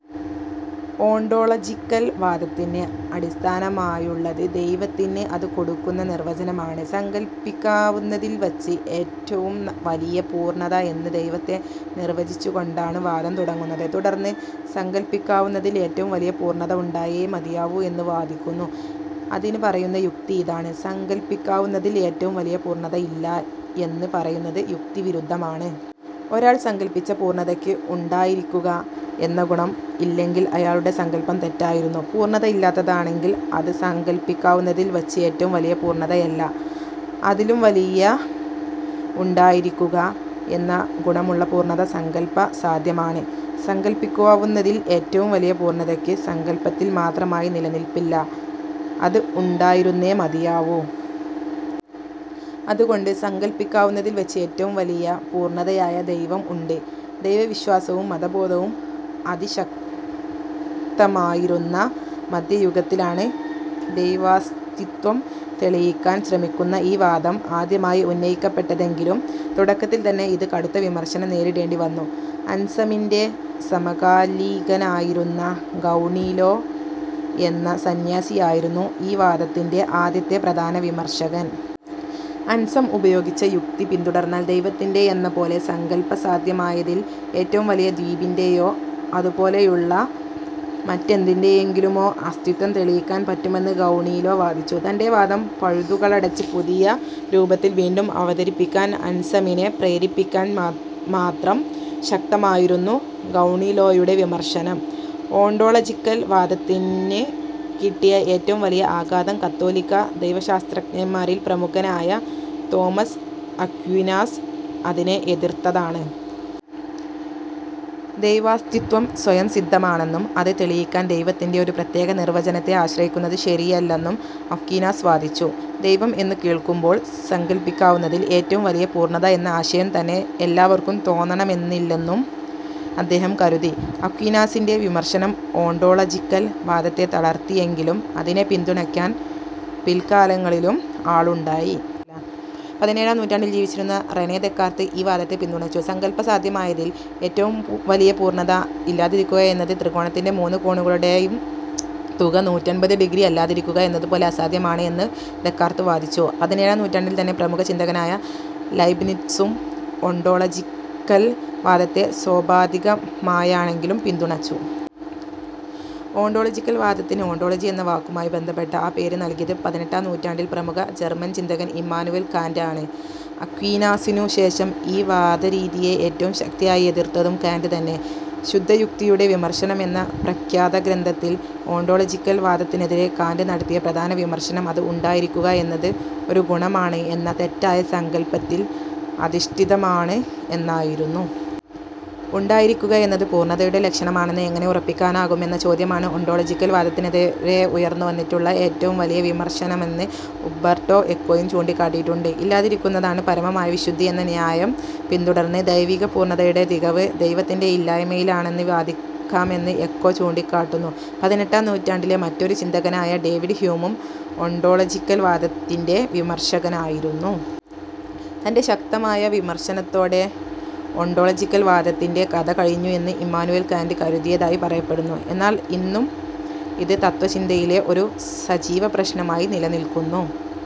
Ontological വാദത്തിന് അടിസ്ഥാനമായുള്ളത് ദൈവത്തിന് അത് കൊടുക്കുന്ന നിർവചനമാണ്. സങ്കൽപ്പിക്കാവുന്നതിൽ വച്ച് ഏറ്റവും വലിയ പൂർണ്ണത എന്ന് ദൈവത്തെ നിർവചിച്ചുകൊണ്ടാണ് വാദം തുടങ്ങുന്നത്. തുടർന്ന് സങ്കൽപ്പിക്കാവുന്നതിൽ ഏറ്റവും വലിയ പൂർണ്ണത ഉണ്ടായേ മതിയാവൂ എന്ന് വാദിക്കുന്നു. അതിന് പറയുന്ന യുക്തി ഇതാണ്. സങ്കൽപ്പിക്കാവുന്നതിൽ ഏറ്റവും വലിയ പൂർണ്ണത ഇല്ല എന്ന് പറയുന്നത് യുക്തിവിരുദ്ധമാണ്. ഒരാൾ സങ്കൽപ്പിച്ച പൂർണ്ണതയ്ക്ക് ഉണ്ടായിരിക്കുക എന്ന ഗുണം ഇല്ലെങ്കിൽ അയാളുടെ സങ്കൽപ്പം തെറ്റായിരുന്നു. പൂർണ്ണത ഇല്ലാത്തതാണെങ്കിൽ അത് സങ്കൽപ്പിക്കാവുന്നതിൽ വച്ച് ഏറ്റവും വലിയ പൂർണ്ണതയല്ല. അതിലും വലിയ ഉണ്ടായിരിക്കുക എന്ന ഗുണമുള്ള പൂർണ്ണത സങ്കൽപ്പസാധ്യമാണ്. സങ്കൽപ്പിക്കാവുന്നതിൽ ഏറ്റവും വലിയ പൂർണ്ണതയ്ക്ക് സങ്കൽപ്പത്തിൽ മാത്രമായി നിലനിൽപ്പില്ല. അത് ഉണ്ടായിരുന്നേ മതിയാവൂ. അതുകൊണ്ട് സങ്കൽപ്പിക്കാവുന്നതിൽ വച്ച് ഏറ്റവും വലിയ പൂർണ്ണതയായ ദൈവം ഉണ്ട്. ദൈവവിശ്വാസവും മതബോധവും അതിശക്തമായിരുന്ന മധ്യയുഗത്തിലാണ് ദൈവാസ്തിത്വം തെളിയിക്കാൻ ശ്രമിക്കുന്ന ഈ വാദം ആദ്യമായി ഉന്നയിക്കപ്പെട്ടതെങ്കിലും തുടക്കത്തിൽ തന്നെ ഇതിന് കടുത്ത വിമർശനം നേരിടേണ്ടിവന്നു. അൻസമിൻ്റെ സമകാലികനായിരുന്ന ഗൗണീലോ എന്ന സന്യാസിയായിരുന്നു ഈ വാദത്തിൻ്റെ ആദ്യത്തെ പ്രധാന വിമർശകൻ. അൻസം ഉപയോഗിച്ച യുക്തി പിന്തുടർന്നാൽ ദൈവത്തിൻ്റെ യെന്നപോലെ സങ്കൽപ്പസാധ്യമായതിൽ ഏറ്റവും വലിയ ദ്വീപിൻ്റെ യോ അതുപോലെയുള്ള മറ്റെന്തിൻ്റെ യെങ്കിലുമോ അസ്തിത്വം തെളിയിക്കാൻ പറ്റുമെന്ന് ഗൗണീലോ വാദിച്ചു. തൻ്റെ വാദം പഴുതുകളടച്ച് പുതിയ രൂപത്തിൽ വീണ്ടും അവതരിപ്പിക്കാൻ അൻസമിനെ പ്രേരിപ്പിക്കാൻ മാത്രം ശക്തമായിരുന്നു ഗൗണീലോയുടെ വിമർശനം. ഓണ്ടോളജിക്കൽ വാദത്തിന് കിട്ടിയ ഏറ്റവും വലിയ ആഘാതം കത്തോലിക്കാ ദൈവശാസ്ത്രജ്ഞന്മാരിൽ പ്രമുഖനായ തോമസ് അക്വീനാസ് അതിനെ എതിർത്തതാണ്. ദൈവാസ്തിത്വം സ്വയംസിദ്ധമാണെന്നും അത് തെളിയിക്കാൻ ദൈവത്തിൻ്റെ ഒരു പ്രത്യേക നിർവചനത്തെ ആശ്രയിക്കുന്നത് ശരിയല്ലെന്നും അക്വീനാസ് വാദിച്ചു. ദൈവം എന്നു കേൾക്കുമ്പോൾ സങ്കൽപ്പിക്കാവുന്നതിൽ ഏറ്റവും വലിയ പൂർണ്ണത എന്ന ആശയം തന്നെ എല്ലാവർക്കും തോന്നണമെന്നില്ലെന്നും അദ്ദേഹം കരുതി. അക്വീനാസിൻ്റെ വിമർശനം ഓണ്ടോളജിക്കൽ വാദത്തെ തളർത്തിയെങ്കിലും അതിനെ പിന്തുണയ്ക്കാൻ പിൽക്കാലങ്ങളിലും ആളുണ്ടായി. പതിനേഴാം നൂറ്റാണ്ടിൽ ജീവിച്ചിരുന്ന റെനെ ദെക്കാർത്ത് ഈ വാദത്തെ പിന്തുണച്ചു. സങ്കൽപ്പസാധ്യമായതിൽ ഏറ്റവും വലിയ പൂർണ്ണത ഇല്ലാതിരിക്കുകയെന്നത് ത്രികോണത്തിൻ്റെ മൂന്ന് കോണുകളുടെയും തുക നൂറ്റെൺപത് ഡിഗ്രി അല്ലാതിരിക്കുക എന്നതുപോലെ അസാധ്യമാണ് എന്ന് ദെക്കാർത്ത് വാദിച്ചു. പതിനേഴാം നൂറ്റാണ്ടിൽ തന്നെ പ്രമുഖ ചിന്തകനായ ലയ്ബ്നിറ്റ്സും ഓണ്ടോളജിക്കൽ വാദത്തെ സോപാധികമായാണെങ്കിലും പിന്തുണച്ചു. ഓണ്ടോളജിക്കൽ വാദത്തിന് ഓണ്ടോളജി എന്ന വാക്കുമായി ബന്ധപ്പെട്ട ആ പേര് നൽകിയത് പതിനെട്ടാം നൂറ്റാണ്ടിൽ പ്രമുഖ ജർമൻ ചിന്തകൻ ഇമ്മാനുവേൽ കാന്റ് ആണ്. അക്വീനാസിനു ശേഷം ഈ വാദരീതിയെ ഏറ്റവും ശക്തിയായി എതിർത്തതും കാന്റ് തന്നെ. ശുദ്ധയുക്തിയുടെ വിമർശനം എന്ന പ്രഖ്യാതഗ്രന്ഥത്തിൽ ഓണ്ടോളജിക്കൽ വാദത്തിനെതിരെ കാന്റ് നടത്തിയ പ്രധാന വിമർശനം അത് ഉണ്ടായിരിക്കുക എന്നത് ഒരു ഗുണമാണ് എന്ന തെറ്റായ സങ്കൽപ്പത്തിൽ അധിഷ്ഠിതമാണ് എന്നായിരുന്നു. ഉണ്ടായിരിക്കുകയെന്നത് പൂർണ്ണതയുടെ ലക്ഷണമാണെന്ന് എങ്ങനെ ഉറപ്പിക്കാനാകും എന്ന ചോദ്യമാണ് ഓണ്ടോളജിക്കൽ വാദത്തിനെതിരെ ഉയർന്നിട്ടുള്ള ഏറ്റവും വലിയ വിമർശനമെന്ന് ഉമ്പർട്ടോ എക്കോയും ചൂണ്ടിക്കാട്ടിയിട്ടുണ്ട്. ഇല്ലാതിരിക്കുന്നതാണ് പരമമായ വിശുദ്ധി എന്ന ന്യായം പിന്തുടർന്ന് ദൈവികപൂർണ്ണതയുടെ തികവ് ദൈവത്തിൻ്റെ ഇല്ലായ്മയിലാണെന്ന് വാദിക്കാമെന്ന് എക്കോ ചൂണ്ടിക്കാട്ടുന്നു. പതിനെട്ടാം നൂറ്റാണ്ടിലെ മറ്റൊരു ചിന്തകനായ ഡേവിഡ് ഹ്യൂമും ഓണ്ടോളജിക്കൽ വാദത്തിൻ്റെ വിമർശകനായിരുന്നു. തൻ്റെ ശക്തമായ വിമർശനത്തോടെ ഓണ്ടോളജിക്കൽ വാദത്തിൻ്റെ കഥ കഴിഞ്ഞു എന്ന് ഇമ്മാനുവേൽ കാന്റ് കരുതിയതായി പറയപ്പെടുന്നു. എന്നാൽ ഇന്നും ഇത് തത്ത്വചിന്തയിലെ ഒരു സജീവപ്രശ്നമായി നിലനിൽക്കുന്നു.